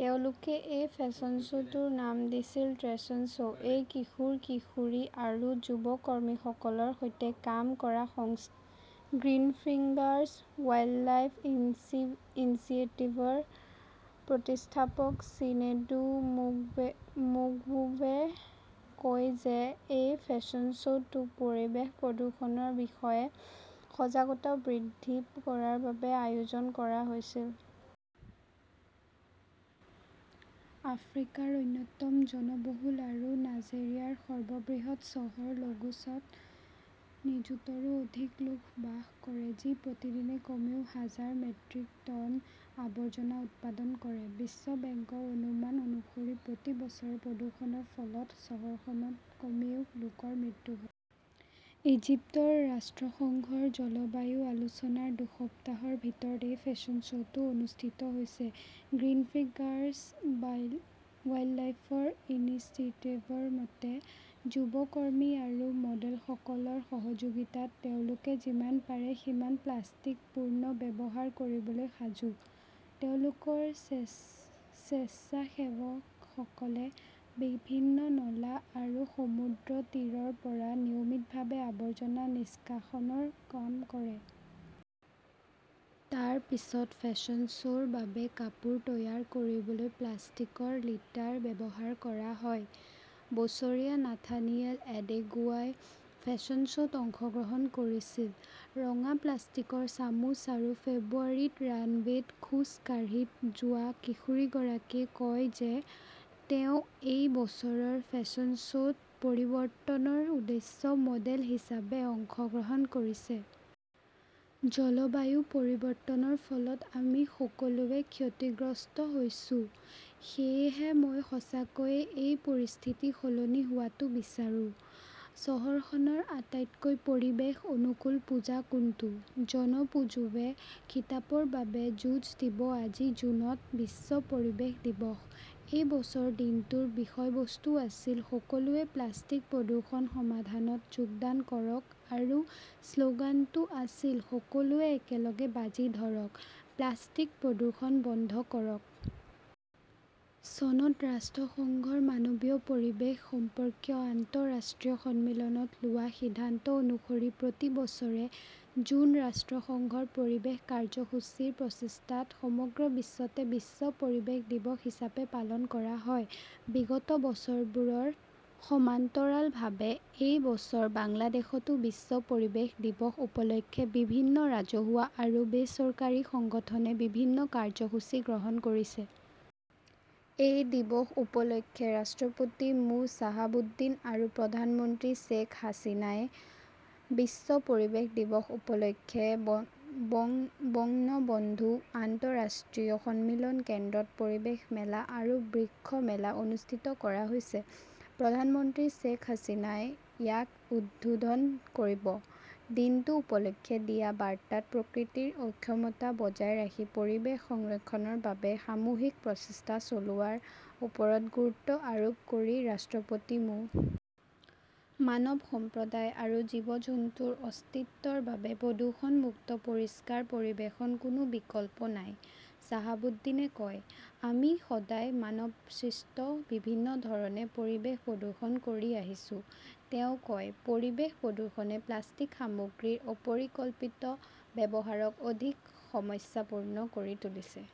তেওঁলোকে এই fashion show "টোৰ নাম দিছিল" ট্ৰেচন শ্ব "। এই কিশোৰ-কিশোৰী আৰু যুৱ কৰ্মীসকলৰ সৈতে কাম কৰা সংস্থা গ্ৰীণফিংগাৰ্ছ ৱাইল্ডলাইফ ইনিচিয়েটিভৰ প্ৰতিষ্ঠাপক চিনেডু মোগবোৱে কয় যে এই ফেশ্বন শ্ব "টো পৰিৱেশ প্ৰদূষণৰ বিষয়ে সজাগতা বৃদ্ধি কৰাৰ বাবে আয়োজন কৰা হৈছিল। আফ্ৰিকাৰ অন্যতম জনবহুল আৰু নাইজেৰিয়াৰ সৰ্ববৃহৎ চহৰ লাগোছত নিযুতৰো অধিক লোক বাস কৰে, যি প্ৰতিদিনে কমেও হাজাৰ মেট্ৰিক টন আৱৰ্জনা উৎপাদন কৰে। বিশ্ব বেংকৰ অনুমান অনুসৰি প্ৰতি বছৰে প্ৰদূষণৰ ফলত চহৰখনত কমেও, লোকৰ মৃত্যু হয়। ইজিপ্তত ৰাষ্ট্ৰসংঘৰ জলবায়ু আলোচনাৰ দুসপ্তাহৰ ভিতৰত এই ফেশ্বন শ্ব "টো অনুষ্ঠিত হৈছে। গ্ৰীণফিংগাৰ্ছ ৱাইল্ডলাইফ ইনিচিয়েটিভৰ মতে, যুৱ কৰ্মী আৰু মডেলসকলৰ সহযোগিতাত তেওঁলোকে যিমান পাৰে সিমান প্লাষ্টিক পুনৰ্ব্যৱহাৰ কৰিবলৈ সাজু। তেওঁলোকৰ স্বেচ্ছাসেৱকসকলে বিভিন্ন নলা আৰু সমুদ্ৰতীৰৰ পৰা নিয়মিতভাৱে আৱৰ্জনা নিষ্কাশনৰ কাম কৰে। তাৰ পিছত ফেশ্বন শ্ব "ৰ বাবে কাপোৰ তৈয়াৰ কৰিবলৈ প্লাষ্টিকৰ লিটাৰ ব্যৱহাৰ কৰা হয়। বছৰীয়া নাথানিয়েল এডেগোৱাই ফেশ্বন শ্ব "ত অংশগ্ৰহণ কৰিছিল। ৰঙা প্লাষ্টিকৰ চামুচ আৰু ফেব্ৰুৱাৰীত ৰানৱেত খোজ কাঢ়ি যোৱা কিশোৰীগৰাকীয়ে কয় যে তেওঁ এই বছৰৰ ফেশ্বন শ্ব "ত" পৰিৱৰ্তনৰ উদ্দেশ্যে "মডেল হিচাপে অংশগ্ৰহণ কৰিছে। "জলবায়ু পৰিৱৰ্তনৰ ফলত আমি সকলোৱে ক্ষতিগ্ৰস্ত হৈছো, সেয়েহে মই সঁচাকৈয়ে এই পৰিস্থিতি সলনি হোৱাটো বিচাৰো। "। চহৰখনৰ আটাইতকৈ পৰিৱেশ-অনুকূল পূজা কোনটো? জন পুজুৱে খিতাপৰ বাবে যুঁজ দিব আজি জুনত বিশ্ব পৰিৱেশ দিৱস। এই বছৰ দিনটোৰ বিষয়বস্তু আছিল "সকলোৱে প্লাষ্টিক প্ৰদূষণ সমাধানত যোগদান কৰক", আৰু শ্লোগানটো আছিল "সকলোৱে একেলগে বাজি ধৰক, প্লাষ্টিক প্ৰদূষণ বন্ধ কৰক"। চনত ৰাষ্ট্ৰসংঘৰ মানৱীয় পৰিৱেশ সম্পৰ্কীয় আন্তঃৰাষ্ট্ৰীয় সন্মিলনত লোৱা সিদ্ধান্ত অনুসৰি প্ৰতি বছৰে জুন ৰাষ্ট্ৰসংঘৰ পৰিৱেশ কাৰ্যসূচী ৰ প্ৰচেষ্টাত সমগ্ৰ বিশ্বতে "বিশ্ব পৰিৱেশ দিৱস" হিচাপে পালন কৰা হয়। বিগত বছৰবোৰৰ সমান্তৰালভাৱে, এই বছৰ বাংলাদেশতো বিশ্ব পৰিৱেশ দিৱস উপলক্ষে বিভিন্ন ৰাজহুৱা আৰু বেচৰকাৰী সংগঠনে বিভিন্ন কাৰ্যসূচী গ্ৰহণ কৰিছে। এই দিৱস উপলক্ষে ৰাষ্ট্ৰপতি মো. শ্বাহাবুদ্দিন আৰু প্ৰধানমন্ত্ৰী শ্বেখ হাছিনাই। বিশ্ব পৰিৱেশ দিৱস উপলক্ষে বঙ্গবন্ধু আন্তঃৰাষ্ট্ৰীয় সন্মিলন কেন্দ্ৰত পৰিৱেশ মেলা আৰু বৃক্ষ মেলা অনুষ্ঠিত কৰা হৈছে। প্ৰধানমন্ত্ৰী শ্বেইখ হাছিনাই ইয়াক উদ্বোধন কৰিব। দিনটো উপলক্ষে দিয়া বাৰ্তাত প্ৰকৃতিৰ অক্ষমতা বজাই ৰাখি পৰিৱেশ সংৰক্ষণৰ বাবে সামূহিক প্ৰচেষ্টা চলোৱাৰ ওপৰত গুৰুত্ব আৰোপ কৰি ৰাষ্ট্ৰপতি মো. "মানৱ সম্প্ৰদায় আৰু জীৱ-জন্তুৰ অস্তিত্বৰ বাবে প্ৰদূষণ-মুক্ত পৰিষ্কাৰ পৰিৱেশৰ কোনো বিকল্প নাই", চাহাবুদ্দিনে কয়। "আমি সদায় মানৱসৃষ্ট বিভিন্ন ধৰণে পৰিৱেশ প্ৰদূষণ কৰি আহিছো", তেওঁ কয়। পৰিৱেশ প্ৰদূষণে প্লাষ্টিক সামগ্ৰীৰ অপৰিকল্পিত ব্যৱহাৰক অধিক সমস্যাপূৰ্ণ কৰি তুলিছে।